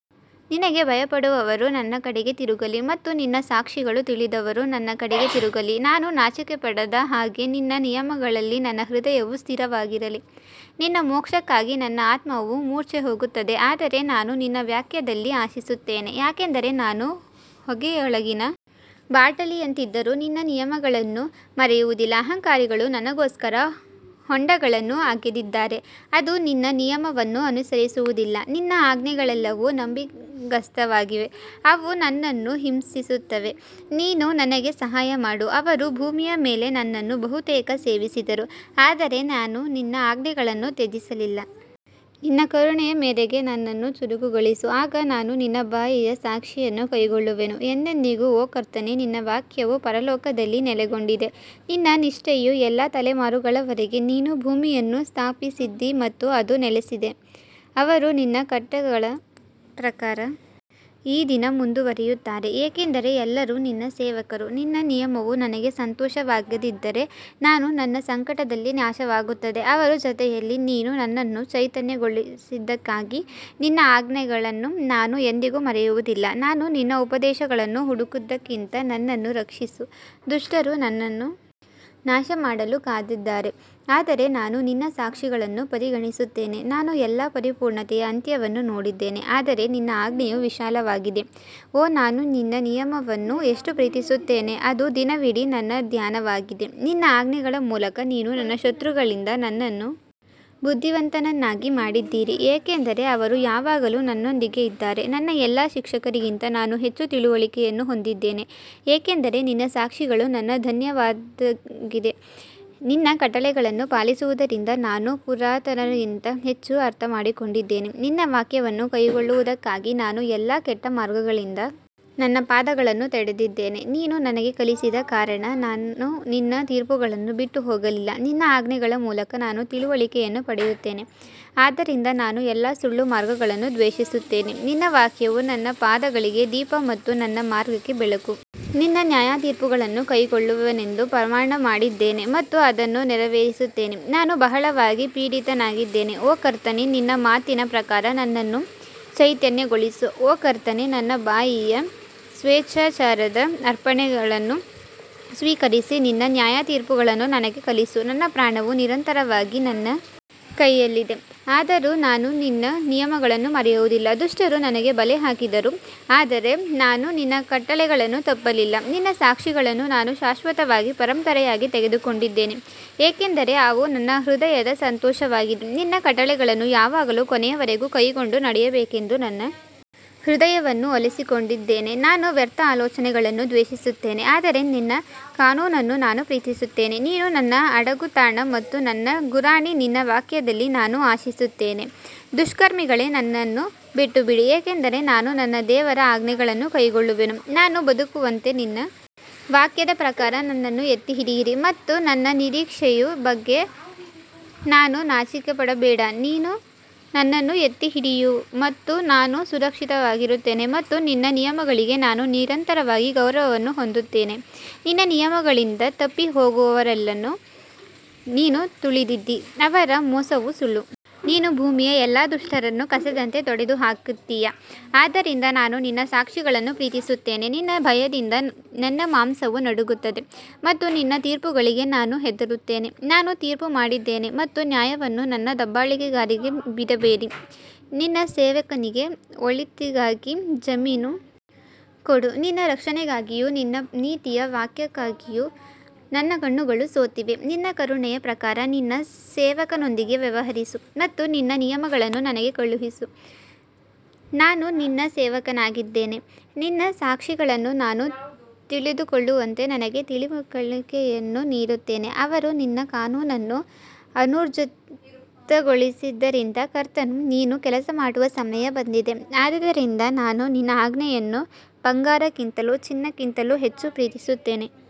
ನಿನಗೆ ಭಯಪಡುವವರು ನನ್ನ ಕಡೆಗೆ ತಿರುಗಲಿ ಮತ್ತು ನಿನ್ನ ಸಾಕ್ಷಿಗಳನ್ನು ತಿಳಿದವರು ನನ್ನ ಕಡೆಗೆ ತಿರುಗಲಿ ನಾನು ನಾಚಿಕೆಪಡದ ಹಾಗೆ ನಿನ್ನ ನಿಯಮಗಳಲ್ಲಿ ನನ್ನ ಹೃದಯವು ಸ್ಥಿರವಾಗಿರಲಿ ನಿನ್ನ ಮೋಕ್ಷಕ್ಕಾಗಿ ನನ್ನ ಆತ್ಮವು ಮೂರ್ಛೆಹೋಗುತ್ತದೆ ಆದರೆ ನಾನು ನಿನ್ನ ವಾಕ್ಯದಲ್ಲಿ ಆಶಿಸುತ್ತೇನೆ ಯಾಕಂದರೆ ನಾನು ಹೊಗೆಯೊಳಗಿನ ಬಾಟಲಿಯಂತಿದ್ದರೂ ನಿನ್ನ ನಿಯಮಗಳನ್ನು ಮರೆಯುವುದಿಲ್ಲ ಅಹಂಕಾರಿಗಳು ನನಗೋಸ್ಕರ ಹೊಂಡಗಳನ್ನು ಅಗೆದಿದ್ದಾರೆ, ಅದು ನಿನ್ನ ನಿಯಮವನ್ನು ಅನುಸರಿಸುವುದಿಲ್ಲ ನಿನ್ನ ಆಜ್ಞೆಗಳೆಲ್ಲವೂ ನಂಬಿಗಸ್ತವಾಗಿವೆ, ಅವು ನನ್ನನ್ನು ಹಿಂಸಿಸುತ್ತವೆ, ನೀನು ನನಗೆ ಸಹಾಯ ಮಾಡು ಅವರು ಭೂಮಿಯ ಮೇಲೆ ನನ್ನನ್ನು ಬಹುತೇಕ ಸೇವಿಸಿದರು ಆದರೆ ನಾನು ನಿನ್ನ ಆಜ್ಞೆಗಳನ್ನು ತ್ಯಜಿಸಲಿಲ್ಲ ನಿನ್ನ ಕರುಣೆಯ ಮೇರೆಗೆ ನನ್ನನ್ನು ಚುರುಕುಗೊಳಿಸು, ಆಗ ನಾನು ನಿನ್ನ ಬಾಯಿಯ ಸಾಕ್ಷಿಯನ್ನು ಕೈಕೊಳ್ಳುವೆನು ಎಂದೆಂದಿಗೂ ಓ ಕರ್ತನೇ ನಿನ್ನ ವಾಕ್ಯವು ಪರಲೋಕದಲ್ಲಿ ನೆಲೆಗೊಂಡಿದೆ ನಿನ್ನ ನಿಷ್ಠೆಯು ಎಲ್ಲಾ ತಲೆಮಾರುಗಳ ವರೆಗೆ, ನೀನು ಭೂಮಿಯನ್ನು ಸ್ಥಾಪಿಸಿದ್ದೀ ಮತ್ತು ಅದು ನೆಲೆಸಿದೆ ಅವರು ನಿನ್ನ ಕಟ್ಟಳೆಗಳ ಪ್ರಕಾರ ಈ ದಿನ ಮುಂದುವರಿಯುತ್ತಾರೆ ಏಕೆಂದರೆ ಎಲ್ಲರೂ ನಿನ್ನ ಸೇವಕರು ನಿನ್ನ ನಿಯಮವು ನನಗೆ ಸಂತೋಷವಾಗದಿದ್ದರೆ ನಾನು ನನ್ನ ಸಂಕಟದಲ್ಲಿ ನಾಶವಾಗುತ್ತಿದ್ದೆ ಅವರ ಜೊತೆಯಲ್ಲಿ ನೀನು ನನ್ನನ್ನು ಚೈತನ್ಯಗೊಳಿಸಿದ್ದಕ್ಕಾಗಿ ನಿನ್ನ ಆಜ್ಞೆಗಳನ್ನು ನಾನು ಎಂದಿಗೂ ಮರೆಯುವುದಿಲ್ಲ ನಾನು ನಿನ್ನ ಉಪದೇಶಗಳನ್ನು ಹುಡುಕಿದ್ದರಿಂದ ನನ್ನನ್ನು ರಕ್ಷಿಸು ದುಷ್ಟರು ನನ್ನನ್ನು ನಾಶಮಾಡಲು ಕಾದಿದ್ದಾರೆ ಆದರೆ ನಾನು ನಿನ್ನ ಸಾಕ್ಷಿಗಳನ್ನು ಪರಿಗಣಿಸುತ್ತೇನೆ ನಾನು ಎಲ್ಲಾ ಪರಿಪೂರ್ಣತೆಯ ಅಂತ್ಯವನ್ನು ನೋಡಿದ್ದೇನೆ ಆದರೆ ನಿನ್ನ ಆಜ್ಞೆಯು ವಿಶಾಲವಾಗಿದೆ ಓ ನಾನು ನಿನ್ನ ನಿಯಮವನ್ನು ಎಷ್ಟು ಪ್ರೀತಿಸುತ್ತೇನೆ ಅದು ದಿನವಿಡೀ ನನ್ನ ಧ್ಯಾನವಾಗಿದೆ ನಿನ್ನ ಆಜ್ಞೆಗಳ ಮೂಲಕ ನೀನು ನನ್ನ ಶತ್ರುಗಳಿಗಿಂತ ನನ್ನನ್ನು ಬುದ್ಧಿವಂತನನ್ನಾಗಿ ಮಾಡಿದ್ದೀರಿ ಏಕೆಂದರೆ ಅವರು ಯಾವಾಗಲೂ ನನ್ನೊಂದಿಗೆ ಇದ್ದಾರೆ ನನ್ನ ಎಲ್ಲಾ ಶಿಕ್ಷಕರಿಗಿಂತ ನಾನು ಹೆಚ್ಚು ತಿಳುವಳಿಕೆಯನ್ನು ಹೊಂದಿದ್ದೇನೆ ಏಕೆಂದರೆ ನಿನ್ನ ಸಾಕ್ಷಿಗಳು ನನ್ನ ಧ್ಯಾನವಾಗಿದೆ ನಿನ್ನ ಕಟ್ಟಳೆಗಳನ್ನು ಪಾಲಿಸುವುದರಿಂದ ನಾನು ಪುರಾತನರಿಗಿಂತ ಹೆಚ್ಚು ಅರ್ಥಮಾಡಿಕೊಂಡಿದ್ದೇನೆ ನಿನ್ನ ವಾಕ್ಯವನ್ನು ಕೈಕೊಳ್ಳುವದಕ್ಕಾಗಿ ನಾನು ಎಲ್ಲಾ ಕೆಟ್ಟ ಮಾರ್ಗಗಳಿಂದ ನನ್ನ ಪಾದಗಳನ್ನು ತಡೆದಿದ್ದೇನೆ ನೀನು ನನಗೆ ಕಲಿಸಿದ ಕಾರಣ ನಾನು ನಿನ್ನ ತೀರ್ಪುಗಳನ್ನು ಬಿಟ್ಟು ಹೋಗಲಿಲ್ಲ ನಿನ್ನ ಆಜ್ಞೆಗಳ ಮೂಲಕ ನಾನು ತಿಳುವಳಿಕೆಯನ್ನು ಪಡೆಯುತ್ತೇನೆ ಆದ್ದರಿಂದ ನಾನು ಎಲ್ಲಾ ಸುಳ್ಳು ಮಾರ್ಗಗಳನ್ನು ದ್ವೇಷಿಸುತ್ತೇನೆ ನಿನ್ನ ವಾಕ್ಯವು ನನ್ನ ಪಾದಗಳಿಗೆ ದೀಪ ಮತ್ತು ನನ್ನ ಮಾರ್ಗಕ್ಕೆ ಬೆಳಕು ನಿನ್ನ ನ್ಯಾಯತೀರ್ಪುಗಳನ್ನು ಕೈಕೊಳ್ಳುವೆನೆಂದು ಪ್ರಮಾಣ ಮಾಡಿದ್ದೇನೆ ಮತ್ತು ಅದನ್ನು ನೆರವೇರಿಸುತ್ತೇನೆ ನಾನು ಬಹಳವಾಗಿ ಪೀಡಿತನಾಗಿದ್ದೇನೆ ಓ ಕರ್ತನೇ ನಿನ್ನ ಮಾತಿನ ಪ್ರಕಾರ ನನ್ನನ್ನು ಚೈತನ್ಯಗೊಳಿಸು ಓ ಕರ್ತನೇ ನನ್ನ ಬಾಯಿಯ ಸ್ವೇಚ್ಛಾಚಾರದ ಅರ್ಪಣೆಗಳನ್ನು ಸ್ವೀಕರಿಸಿ ನಿನ್ನ ನ್ಯಾಯತೀರ್ಪುಗಳನ್ನು ನನಗೆ ಕಲಿಸು ನನ್ನ ಪ್ರಾಣವು ನಿರಂತರವಾಗಿ ನನ್ನ ಕೈಯಲ್ಲಿದೆ, ಆದರೂ ನಾನು ನಿನ್ನ ನಿಯಮವನ್ನು ಮರೆಯುವುದಿಲ್ಲ ದುಷ್ಟರು ನನಗೆ ಬಲೆ ಹಾಕಿದರು ಆದರೆ ನಾನು ನಿನ್ನ ಕಟ್ಟಳೆಗಳನ್ನು ತಪ್ಪಲಿಲ್ಲ ನಿನ್ನ ಸಾಕ್ಷಿಗಳನ್ನು ನಾನು ಶಾಶ್ವತವಾಗಿ ಪರಂಪರೆಯಾಗಿ ತೆಗೆದುಕೊಂಡಿದ್ದೇನೆ ಏಕೆಂದರೆ ಅವು ನನ್ನ ಹೃದಯದ ಸಂತೋಷವಾಗಿದೆ ನಿನ್ನ ಕಟ್ಟಳೆಗಳನ್ನು ಯಾವಾಗಲೂ ಕೊನೆಯವರೆಗೂ ಕೈಕೊಂಡು ನಡೆಯಬೇಕೆಂದು ನನ್ನ ಹೃದಯವನ್ನು ಒಲಿಸಿಕೊಂಡಿದ್ದೇನೆ ನಾನು ವ್ಯರ್ಥ ಆಲೋಚನೆಗಳನ್ನು ದ್ವೇಷಿಸುತ್ತೇನೆ ಆದರೆ ನಿನ್ನ ಕಾನೂನನ್ನು ನಾನು ಪ್ರೀತಿಸುತ್ತೇನೆ ನೀನು ನನ್ನ ಅಡಗುತಾಣ ಮತ್ತು ನನ್ನ ಗುರಾಣಿ ನಿನ್ನ ವಾಕ್ಯದಲ್ಲಿ ನಾನು ಆಶಿಸುತ್ತೇನೆ ದುಷ್ಕರ್ಮಿಗಳೇ ನನ್ನನ್ನು ಬಿಟ್ಟುಬಿಡಿ ಏಕೆಂದರೆ ನಾನು ನನ್ನ ದೇವರ ಆಜ್ಞೆಗಳನ್ನು ಕೈಕೊಳ್ಳುವೆನು ನಾನು ಬದುಕುವಂತೆ ನಿನ್ನ ವಾಕ್ಯದ ಪ್ರಕಾರ ನನ್ನನ್ನು ಎತ್ತಿಹಿಡಿಯಿರಿ ಮತ್ತು ನನ್ನ ನಿರೀಕ್ಷೆಯ ಬಗ್ಗೆ ನಾನು ನಾಚಿಕೆಪಡಬೇಡ ನೀನು ನನ್ನನ್ನು ಎತ್ತಿ ಹಿಡಿಯು ಮತ್ತು ನಾನು ಸುರಕ್ಷಿತವಾಗಿರುತ್ತೇನೆ ಮತ್ತು ನಿನ್ನ ನಿಯಮಗಳಿಗೆ ನಾನು ನಿರಂತರವಾಗಿ ಗೌರವವನ್ನು ಹೊಂದುತ್ತೇನೆ ನಿನ್ನ ನಿಯಮಗಳಿಂದ ತಪ್ಪಿ ಹೋಗುವವರೆಲ್ಲರನ್ನು ನೀನು ತುಳಿದಿದ್ದೀ, ಅವರ ಮೋಸವು ಸುಳ್ಳು ನೀನು ಭೂಮಿಯ ಎಲ್ಲಾ ದುಷ್ಟರನ್ನು ಕಸದಂತೆ ತೊಡೆದುಹಾಕುತ್ತೀಯಾ ಆದ್ದರಿಂದ ನಾನು ನಿನ್ನ ಸಾಕ್ಷಿಗಳನ್ನು ಪ್ರೀತಿಸುತ್ತೇನೆ ನಿನ್ನ ಭಯದಿಂದ ನನ್ನ ಮಾಂಸವು ನಡುಗುತ್ತದೆ ಮತ್ತು ನಿನ್ನ ತೀರ್ಪುಗಳಿಗೆ ನಾನು ಹೆದರುತ್ತೇನೆ ನಾನು ತೀರ್ಪು ಮಾಡಿದ್ದೇನೆ ಮತ್ತು ನ್ಯಾಯವನ್ನು ನನ್ನ ದಬ್ಬಾಳಿಕೆಗಾರರಿಗೆ ಬಿಡಬೇಡಿ ನಿನ್ನ ಸೇವಕನಿಗೆ ಒಳಿತಿಗಾಗಿ ಜಾಮೀನು ಕೊಡು ನಿನ್ನ ರಕ್ಷಣೆಗಾಗಿಯೂ ನಿನ್ನ ನೀತಿಯ ವಾಕ್ಯಕ್ಕಾಗಿಯೂ ನನ್ನ ಕಣ್ಣುಗಳು ಸೋತಿವೆ ನಿನ್ನ ಕರುಣೆಯ ಪ್ರಕಾರ ನಿನ್ನ ಸೇವಕನೊಂದಿಗೆ ವ್ಯವಹರಿಸು ಮತ್ತು ನಿನ್ನ ನಿಯಮಗಳನ್ನು ನನಗೆ ಕಲಿಸು ನಾನು ನಿನ್ನ ಸೇವಕನಾಗಿದ್ದೇನೆ, ನಿನ್ನ ಸಾಕ್ಷಿಗಳನ್ನು ನಾನು ತಿಳಿದುಕೊಳ್ಳುವಂತೆ ನನಗೆ ತಿಳುವಳಿಕೆಯನ್ನು ನೀಡುತ್ತೇನೆ ಅವರು ನಿನ್ನ ಕಾನೂನನ್ನು ಅನೂರ್ಜಿತಗೊಳಿಸಿದ್ದರಿಂದ ಕರ್ತನು ನೀನು ಕೆಲಸಮಾಡುವ ಸಮಯ ಬಂದಿದೆ ಆದದರಿಂದ ನಾನು ನಿನ್ನ ಆಜ್ಞೆಗಳನ್ನು ಬಂಗಾರಕ್ಕಿಂತಲೂ, ಚಿನ್ನಕ್ಕಿಂತಲೂ ಹೆಚ್ಚು ಪ್ರೀತಿಸುತ್ತೇನೆ.